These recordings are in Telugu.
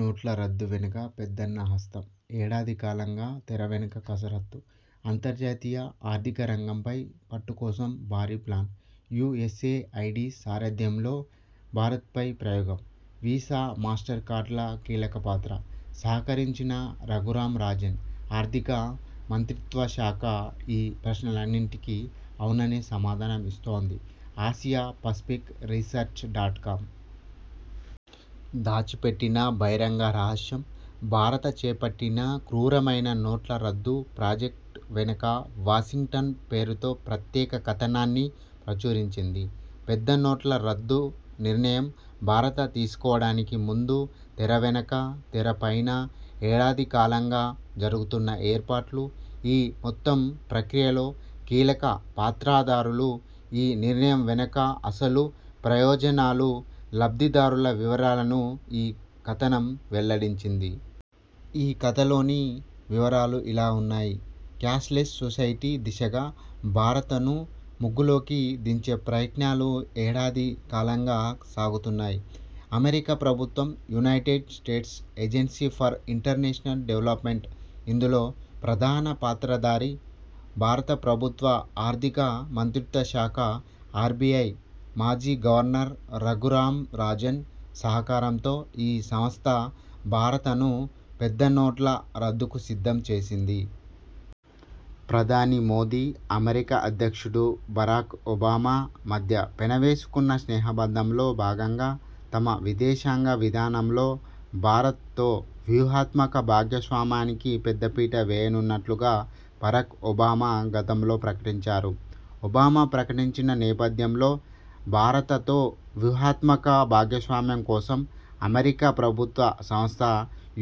నోట్ల రద్దు వెనక పెద్దన్న హస్తం ఏడాది కాలంగా తెరవెనుక కసరత్తు అంతర్జాతీయ ఆర్థిక రంగంపై పట్టుకోసం భారీ plan U S A I D సారథ్యంలో భారత్ పై ప్రయోగం వీసా, మాస్టర్ కార్డుల కీలకపాత్ర సహకరించిన రఘురామ్ రాజన్, ఆర్థిక మంత్రిత్వ శాఖ ఈ ప్రశ్నలన్నింటికీ ఔననే సమాధానం ఇస్తోంది Asia Pacific research dot com. ''దాచిపెట్టిన బహిరంగ రహస్యం భారత చేపట్టిన క్రూరమైన నోట్ల రద్దు ప్రాజెక్టు వెనక వాషింగ్టన్'' పేరుతో ప్రత్యేక కథనాన్ని ప్రచురించింది. పెద్ద నోట్ల రద్దు నిర్ణయం భారత తీసుకోవడానికి ముందు, తెరవెనుకా, తెరపైనా ఏడాది కాలంగా జరుగుతున్న 'ఏర్పాట్లు', ఈ మొత్తం ప్రక్రియలో కీలక పాత్రధారులు, ఈ నిర్ణయం వెనక అసలు ప్రయోజనాలు, లబ్దిదారుల వివరాలను ఈ కథనం వెల్లడించింది. ఈ కథలోని వివరాలు ఇలా ఉన్నాయి. క్యాష్లెస్ సొసైటీ దిశగా భారతను ముగ్గులోకి దించే ప్రయత్నాలు ఏడాదికాలంగా సాగుతున్నాయి. అమెరికా ప్రభుత్వం United States agency for international development ఇందులో ప్రధాన పాత్రధారి. భారత ప్రభుత్వ ఆర్థిక మంత్రిత్వ శాఖ, ఆర్బిఐ మాజీ గవర్నర్ రఘురామ్ రాజన్ సహకారంతో ఈ సంస్థ భారతను పెద్ద నోట్ల రద్దుకు సిద్ధం చేసింది. ప్రధాని మోదీ, అమెరికా అధ్యక్షుడు బరాక్ ఒబామా మధ్య పెనవేసుకున్న స్నేహబంధంలో భాగంగా తమ విదేశాంగ విధానంలో భారత్ తో వ్యూహాత్మక భాగస్వామ్యానికి పెద్దపీట వేయనున్నట్లుగా బరాక్ ఒబామా గతంలో ప్రకటించారు. ఒబామా ప్రకటన నేపథ్యంలో భారతతో వ్యూహాత్మక భాగస్వామ్యం కోసం అమెరికా ప్రభుత్వ సంస్థ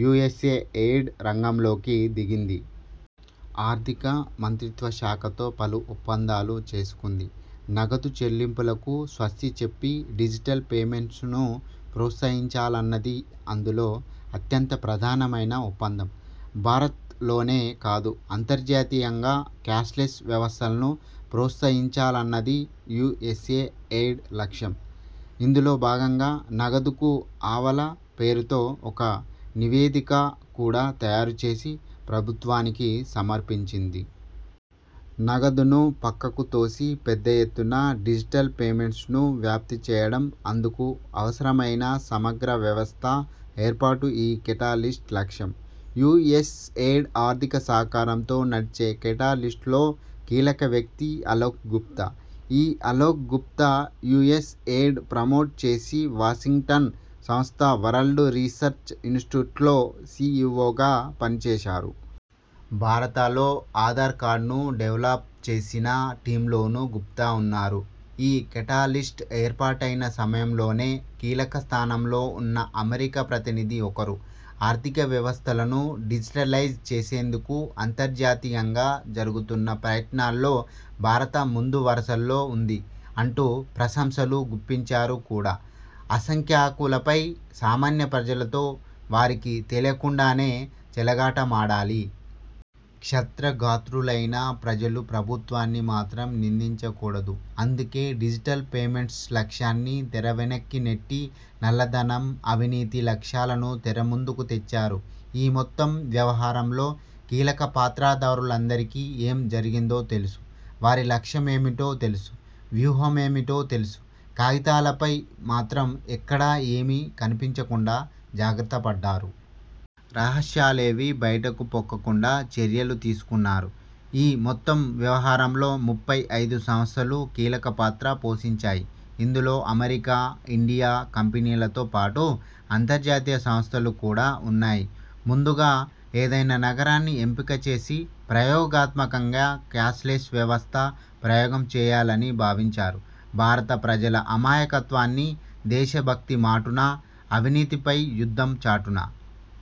యుఎస్ఏ ఎయిడ్ రంగంలోకి దిగింది. ఆర్థిక మంత్రిత్వ శాఖతో పలు ఒప్పందాలు చేసుకుంది. నగదు చెల్లింపులకు స్వస్తి చెప్పి డిజిటల్ పేమెంట్స్ను ప్రోత్సహించాలన్నది అందులో అత్యంత ప్రధానమైన ఒప్పందం. భారత్ లోనే కాదు అంతర్జాతీయంగా క్యాష్లెస్ వ్యవస్థలను ప్రోత్సహించాలన్నది యుఎస్ఏ ఎయిడ్ లక్ష్యం. ఇందులో భాగంగా '' నగదుకు ఆవల'' పేరుతో ఒక నివేదిక కూడా తయారు చేసి ప్రభుత్వానికి సమర్పించింది. నగదును పక్కకు తోసి పెద్ద ఎత్తున డిజిటల్ పేమెంట్స్ను వ్యాప్తిచేయడం, అందుకు అవసరమైన సమగ్ర వ్యవస్థ ఏర్పాటు ఈ కేటలిస్ట్ లక్ష్యం. యుఎస్ ఎయిడ్ ఆర్థిక సహకారంతో నడిచే కేటాలిస్ట్లో కీలక వ్యక్తి అలోక్ గుప్తా. ఈ Alok Gupta, US aid promote చేసి వాషింగ్టన్ సంస్థ వరల్డ్ రీసోర్సెస్ ఇనిస్టిట్యూట్లో సిఇఒగా పనిచేశారు. భారతలో ఆధార్ కార్డును డెవలప్ చేసిన టీమ్లోనూ గుప్తా ఉన్నారు. ఈ కేటలిస్ట్ ఏర్పాటైన సమయంలోనే కీలకస్థానంలో ఉన్న అమెరికా ప్రతినిధి ఒకరు, ''ఆర్థిక వ్యవస్థలను డిజిటలైజ్ చేసేందుకు అంతర్జాతీయంగా జరుగుతున్న ప్రయత్నాల్లో భారత ముందు వరుసలో ఉంది'' అంటూ ప్రశంసలు గుప్పించారు కూడా. అసంఖ్యాకులపై సామాన్య ప్రజలతో వారికి తెలియకుండానే చెలగాటమాడాలి. క్షతగాత్రులైన ప్రజలు ప్రభుత్వాన్ని మాత్రం నిందించ కూడదు. అందుకే డిజిటల్ పేమెంట్స్ లక్ష్యాన్ని తెరవెనక్కి నెట్టి, నల్లధనం, అవినీతి లక్ష్యాలను తెరముందుకు తెచ్చారు. ఈ మొత్తం వ్యవహారంలో కీలకపాత్రధారులందరికీ ఏం జరిగిందో తెలుసు, వారి లక్ష్యమేమిటో తెలుసు, వ్యూహమేమిటో తెలుసు.. కాగితాలపై మాత్రం ఎక్కడా ఏమీ కనిపించకుండా జాగ్రత్తపడ్డారు. రహస్యాలేవీ బయటకు పొక్కకుండా చర్యలు తీసుకున్నారు. ఈ మొత్తం వ్యవహారంలో ముప్పై ఐదు సంస్థలు కీలకపాత్ర పోషించాయి. ఇందులో అమెరికా, ఇండియా కంపెనీలతో పాటు అంతర్జాతీయ సంస్థలు కూడా ఉన్నాయి. ముందుగా ఏదైనా నగరాన్ని ఎంపిక చేసి ప్రయోగాత్మకంగా క్యాష్లెస్ వ్యవస్థ ప్రయోగం చేయాలని భావించారు. భారత ప్రజల అమాయకత్వాన్ని, దేశభక్తిమాటున, అవినీతిపై యుద్ధం చాటున